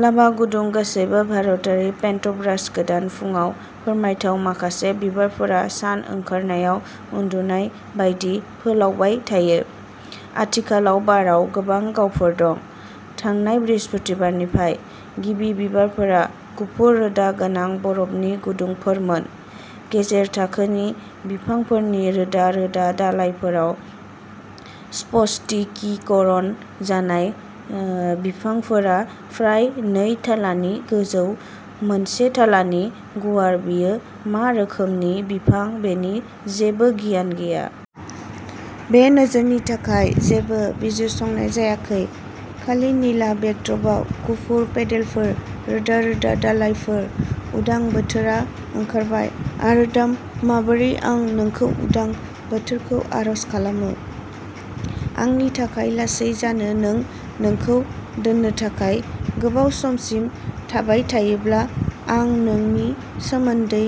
Lava गुदुं गासैबो भारतारि पेन्टब्राश गोदान फुंआव फोरमायथाव माखासे बिबारफोरा सान ओंखारनायाव उन्दुनाय बायदि फोलावबाय थायो। आथिखालाव बाराव गोबां गावफोर दं। थांनाय बृहस्पतिबारनिफ्राय। गिबि बिबारफोरा गुफुर रोदा गोनां बरफनि गुदुफोरमोन। गेजेर थाखोनि बिफांफोरनि रोदा-रोदा दालाइफोराव स्फटिकीकरण जानाय बिफांफोरा फ्राय नै थालानि गोजौ, मोनसे थालानि गुवार बेयो मा रोखोमनि बिफां बेनि जेबो गियान गैया। बे नोजोरनि थाखाय जेबो बिजिरसंनाय जायाखै। खालि निला बेकड्रपआव गुफुर पेडेलफोर रोदा-रोदा दालाइफोर उदां बोथोरा ओंखारबाय आरो दा माबोरै आं नोंखौ उदां बोथोरखौ आरज खालामो। आंनि थाखाय लासै जानो नों नोंखौ दोननो थाखाय गोबाव समसिम थाबाय थायोब्ला आं नोंनि सोमोन्दै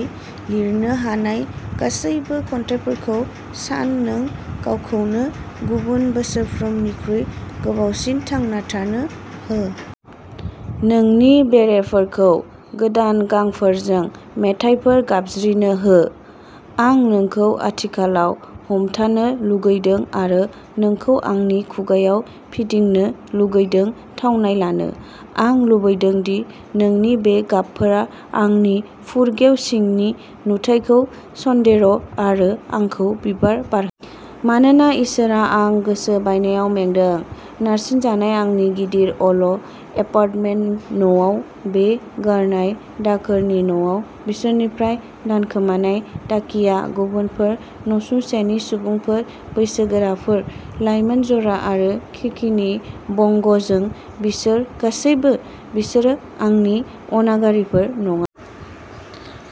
लिरनो हानाय गासैबो खन्थाइफोरखौ सान नों गावखौनो गुबुन बोसोरफोरनिख्रुइ गोबावसिन थांना थानो हो। नोंनि बेरेफोरखौ गोदान गांफोरजों मेथाइफोर गाबज्रिनो हो। आं नोंखौ आथिखालाव हमथानो लुगैदों आरो नोंखौ आंनि खुगाआव फिदिंनो लुगैदों थावनाय लानो। आं लुबैदों दि नोंनि बे गाबफोरा आंनि फुरगेव सिंनि नुथायखौ सनदेरो आरो आंखौ बिबार बार। मानोना इसोर आं गोसो बायनायाव मेंदों। नारसिनजानाय आंनि गिदिर अल'एपार्टमेन्ट न'आव बे गारनाय दाखोरनि न'आव बिसोरनिफ्राय दानखोमानाय डाकिया गुबुनफोर नसुंसेनि सुबुंफोर बैसोगोराफोर, लाइमोन जरा आरो खिरखिनि बंगजों बिसोरो गासैबो। बिसोर आंनि अनागारिफोर नङा।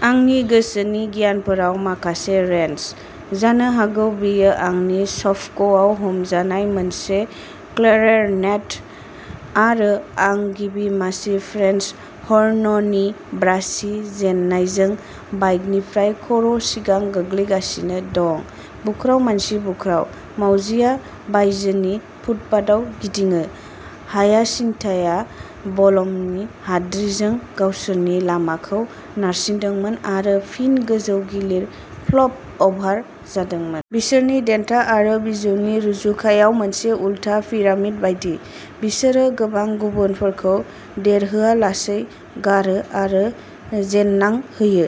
आंनि गोसोनि गियारफोराव माखासे रेन्च। जानो हागौ बेयो आंनि स्प'कआव हमजानाय मोनसे क्लेरनेट आरो आं गिबि मासि फ्रेन्स हर्ननि ब्रासि जेननायजों बाइकनिफ्राय खर'सिगां गोग्लैगासिनो दं। बुख्राव मानसि बुख्राव। मावजिआ बायजोनि फुटपाथआव गिदिङो। हायासिन्थआ बलमि हाद्रिजों गावसोरनि लामाखौ नारसिनदोंमोन आरो फिन गोजौ-गिलिर फ्लप अभार जादोंमोन। बिसोरनि देन्था आरो बिजौनि रुजुज'खाया मोनसे उलथा पिरामिड बायदि। बिसोरो गोबां गुबुनफोरखौ देरहोआलासै गारो आरो जेननां होयो।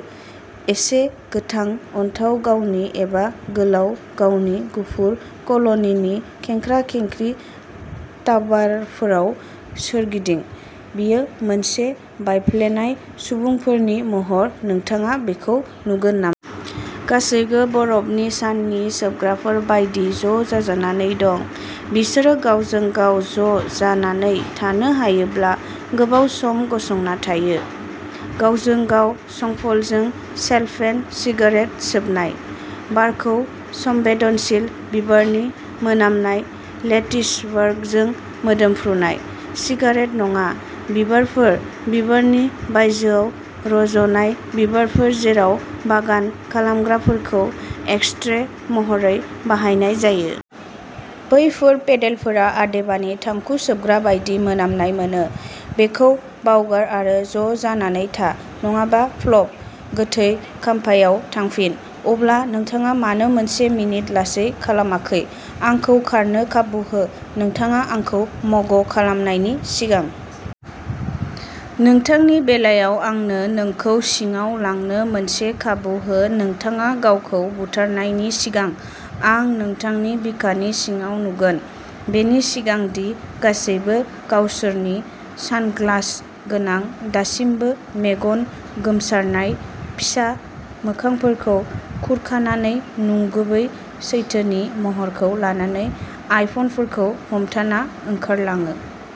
एसे गोथां अन्थाव गावनि एबा गोलाव गावनि गुफुर कल'निनि खेंख्रा-खेंख्रि टावारफोराव सोरगिदिं। बेयो मोनसे बायफ्लेनाय सुबुंफोरनि महर, नोंथाङा बेखौ नुगोन नाम? गासैबो बरफनि साननि सोबग्राफोर बायदि ज'जानानै दं। बिसोर गावजों-गाव ज'जानानै थानो हायोब्ला गोबाव सम गसंना थायो। गावजों-गाव संफ्लजों सेल'फेन सिगारेट सोबनाय। बारखौ संबेदनशील बिबारनि मोनामनाय लेटिसवर्कजों मोदोमफ्रुनाय। सिगारेट नङा। बिबारफोर। बिबारनि बायजोआव रज'नाय बिबारफोर जेराव बागान खालामग्राफोरखौ एशट्रे महरै बाहायनाय जायो। बैफोर पेडेलफोरा अदेबानि थांखु सोबग्रा बायदि मोनामनाय मोनो। बेखौ बावगार आरो ज'जानानै था। नङाब्ला फ्लप। गोथै खाम्फायाव थांफिन। अब्ला नोंथाङा मानो मोनसे मिनिट लासै खालामाखै? आंखौ खारनो खाबु हो। नोंथाङा आंखौ म'ग खालामनायनि सिगां। नोंथांनि बेलायाव आंनो नोंखौ सिङाव लांनो मोनसे खाबु हो नोंथाङा गावखौ बुथारनायनि सिगां। आं नोंथांनि बिखानि सिङाव नुगोन। बेनि सिगां दि गासैबो गावसोरनि सानग्लास गोनां दासिमबो मेगन गोमसारनाय फिसा मोखांफोरखौ खुरखानानै नंगुबै सैथोनि महरखौ लानानै आइफनफोरखौ हमथाना ओंखारलाङो।